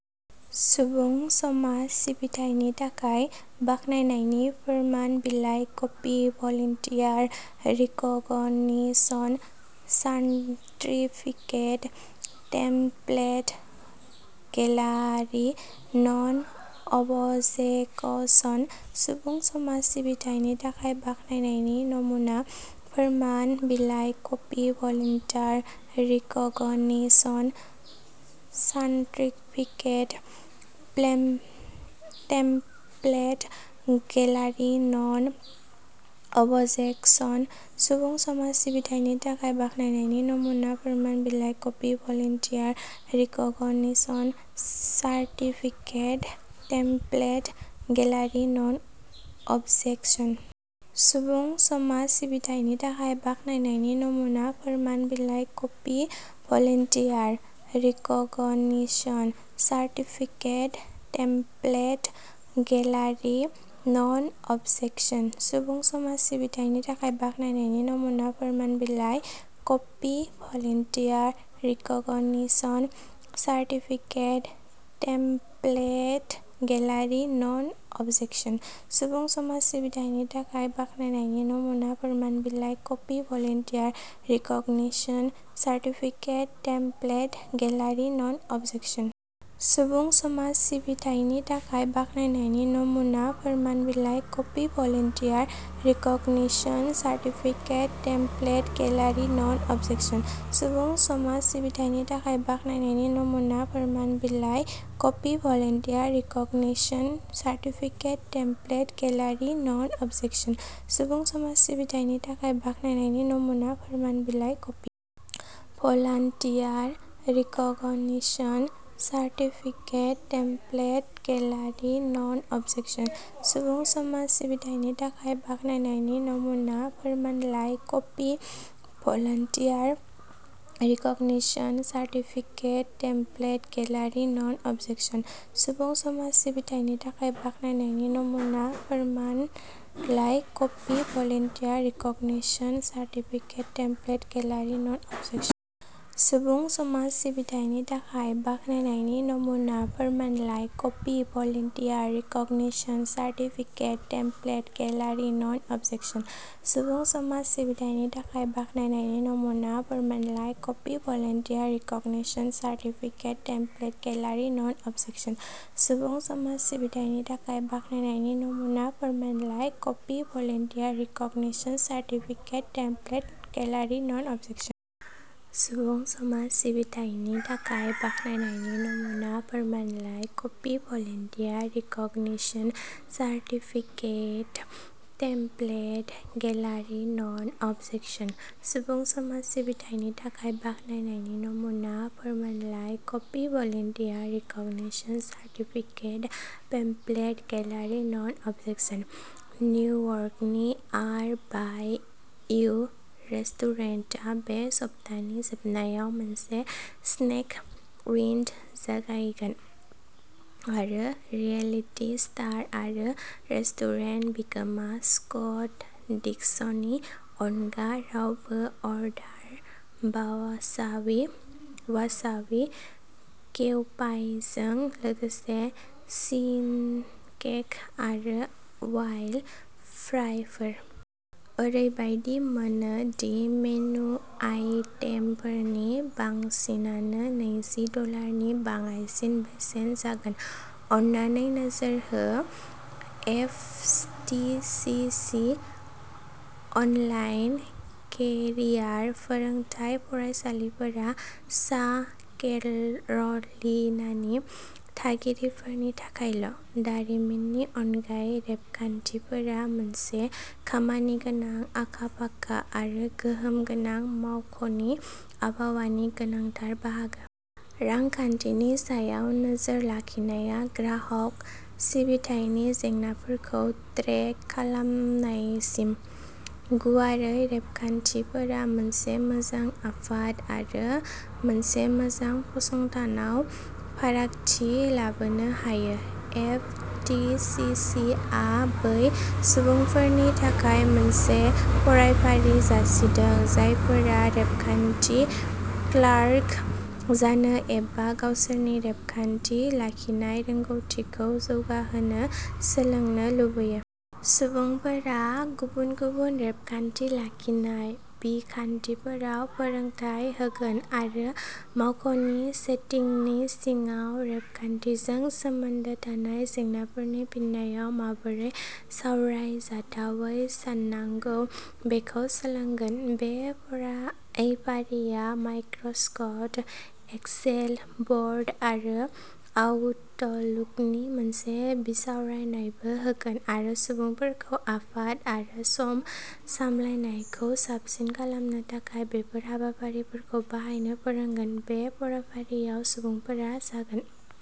सुबुं समाज सिबिथायनि थाखाय बाख्नायनायनि फोरमान बिलाइ copy volunteer recognition certificate template गेलारि नन अबजेकसन। सुबुं समाज सिबिथायनि थाखाय बाख्नायनायनि नमुना फोरमान बिलाइ copy volunteer recognition certificate template गेलारि नन अबजेकसन। सुबुं समाज सिबिथायनि थाखाय बाख्नायनायनि नमुना फोरमान बिलाइ copy volunteer recognition certificate template गेलारि नन अबजेकसन। सुबुं समाज सिबिथायनि थाखाय बाख्नायनायनि नमुना फोरमान बिलाइ copy volunteer recognition certificate template गेलारि नन अबजेकसन। सुबुं समाज सिबिथायनि थाखाय बाख्नायनायनि नमुना फोरमान बिलाइ copy volunteer recognition certificate template गेलारि नन अबजेकसन। सुबुं समाज सिबिथायनि थाखाय बाख्नायनायनि नमुना फोरमान बिलाइ copy volunteer recognition certificate template गेलारि नन अबजेकसन। सुबुं समाज सिबिथायनि थाखाय बाख्नायनायनि नमुना फोरमान बिलाइ copy volunteer recognition certificate template गेलारि नन अबजेकसन। सुबुं समाज सिबिथायनि थाखाय बाख्नायनायनि नमुना फोरमान बिलाइ copy volunteer recognition certificate template गेलारि नन अबजेकसन। सुबुं समाज सिबिथायनि थाखाय बाख्नायनायनि नमुना फोरमान बिलाइ copy. Volunteer recognition certificate template गेलारि नन अबजेकसन। सुबुं समाज सिबिथायनि थाखाय बाख्नायनायनि नमुना फोरमानलाइ copy volunteer recognition certificate template गेलारि नन अबजेकसन। सुबुं समाज सिबिथायनि थाखाय बाख्नायनायनि नमुना फोरमानलाइ copy volunteer recognition certificate template गेलारि नन अबजेकसन। सुबुं समाज सिबिथायनि थाखाय बाख्नायनायनि नमुना फोरमानलाइ copy volunteer recognition certificate template गेलारि नन अबजेकसन। सुबुं समाज सिबिथायनि थाखाय बाख्नायनायनि नमुना फोरमानलाइ copy volunteer recognition certificate template गेलारि नन अबजेकसन। सुबुं समाज सिबिथायनि थाखाय बाख्नायनायनि नमुना फोरमानलाइ copy volunteer recognition certificate template गेलारि नन अबजेकसन। सुबुं समाज सिबिथायनि थाखाय बाख्नायनायनि नमुना फोरमानलाइ copy volunteer recognition certificate template गेलारि नन अबजेकसन। सुबुं समाज सिबिथायनि थाखाय बाख्नायनायनि नमुना फोरमानलाइ copy volunteer recognition certificate template गेलारि नन अबजेकसन। निउयर्कनि आर वाइ इउ रेस्टुरेन्टआ बे सप्तानि जोबनायाव मोनसे स्नेक उइन्ड' जागायगोन आरो रियेलिटि स्टार आरो रेस्टुरेन्ट बिगोमा स्कट डिस्कनि अनगा रावबो अर्डार वासाबी वासाबि केउपाइजों लोगोसे चीजकेक आरो वाफल फ्राइफोर। ओरैबायदि मोनो दि मेनु आइटेमफोरनि बांसिनानो नैजि डलारनि बाङाइसिन बेसेन जागोन। अन्नानै नोजोर हो F T C C online career फोरोंथाय फरायफारिफोरा सा केर'लिनानि थागिरिफोरनि थाखायल'। दारिमिननि अनगायै, रेबगान्थिफोरा मोनसे खामानिगोनां, आखा-फाखा आरो गोहोम गोनां मावख'नि आबहावानि गोनांथार बाहागो। रांखान्थिनि सायाव नोजोर लाखिनाया ग्राहक सिबिथायनि जेंनाफोरखौ ट्रेक खालामनायसिम, गुवारै रेबगान्थिफोरा मोनसे मोजां आफाद आरो मोनसे मोजां फसंथानाव फारागथि लाबोनो हायो। एफ टि सि सि आ बै सुबुंफोरनि थाखाय मोनसे फरायफारि जासिदों जायफोरा रेबगान्थि क्लार्क जानो एबा गावसोरनि रेबगान्थि लाखिनाय रोंग'थिखौ जौगाहोनो सोलोंनो लुबैयो। सुबुंफोरा गुबुन-गुबुन रेबगान्थि लाखिनाय बिखान्थिफोराव फोरोंथाय होगोन आरो मावख'नि सेटिंनि सिङाव रेबगान्थिजों सोमोन्दो थानाय जेंनाफोरनि फिननायाव माबोरै सावरायजाथावै साननांगौ बेखौ सोलोंगोन। बे फरायफारिआ माइक्र'सफ्ट एक्सेल, वर्ड आरो आउटलुकनि मोनसे बिसावरायनायबो होगोन आरो सुबुंफोरखौ आफाद आरो सम सामलायनायखौ साबसिन खालामनो थाखाय बेफोर हाबाफारिफोरखौ बाहायनो फोरोंगोन। बे फरायफारिआव सुबुंफोरा जागोन।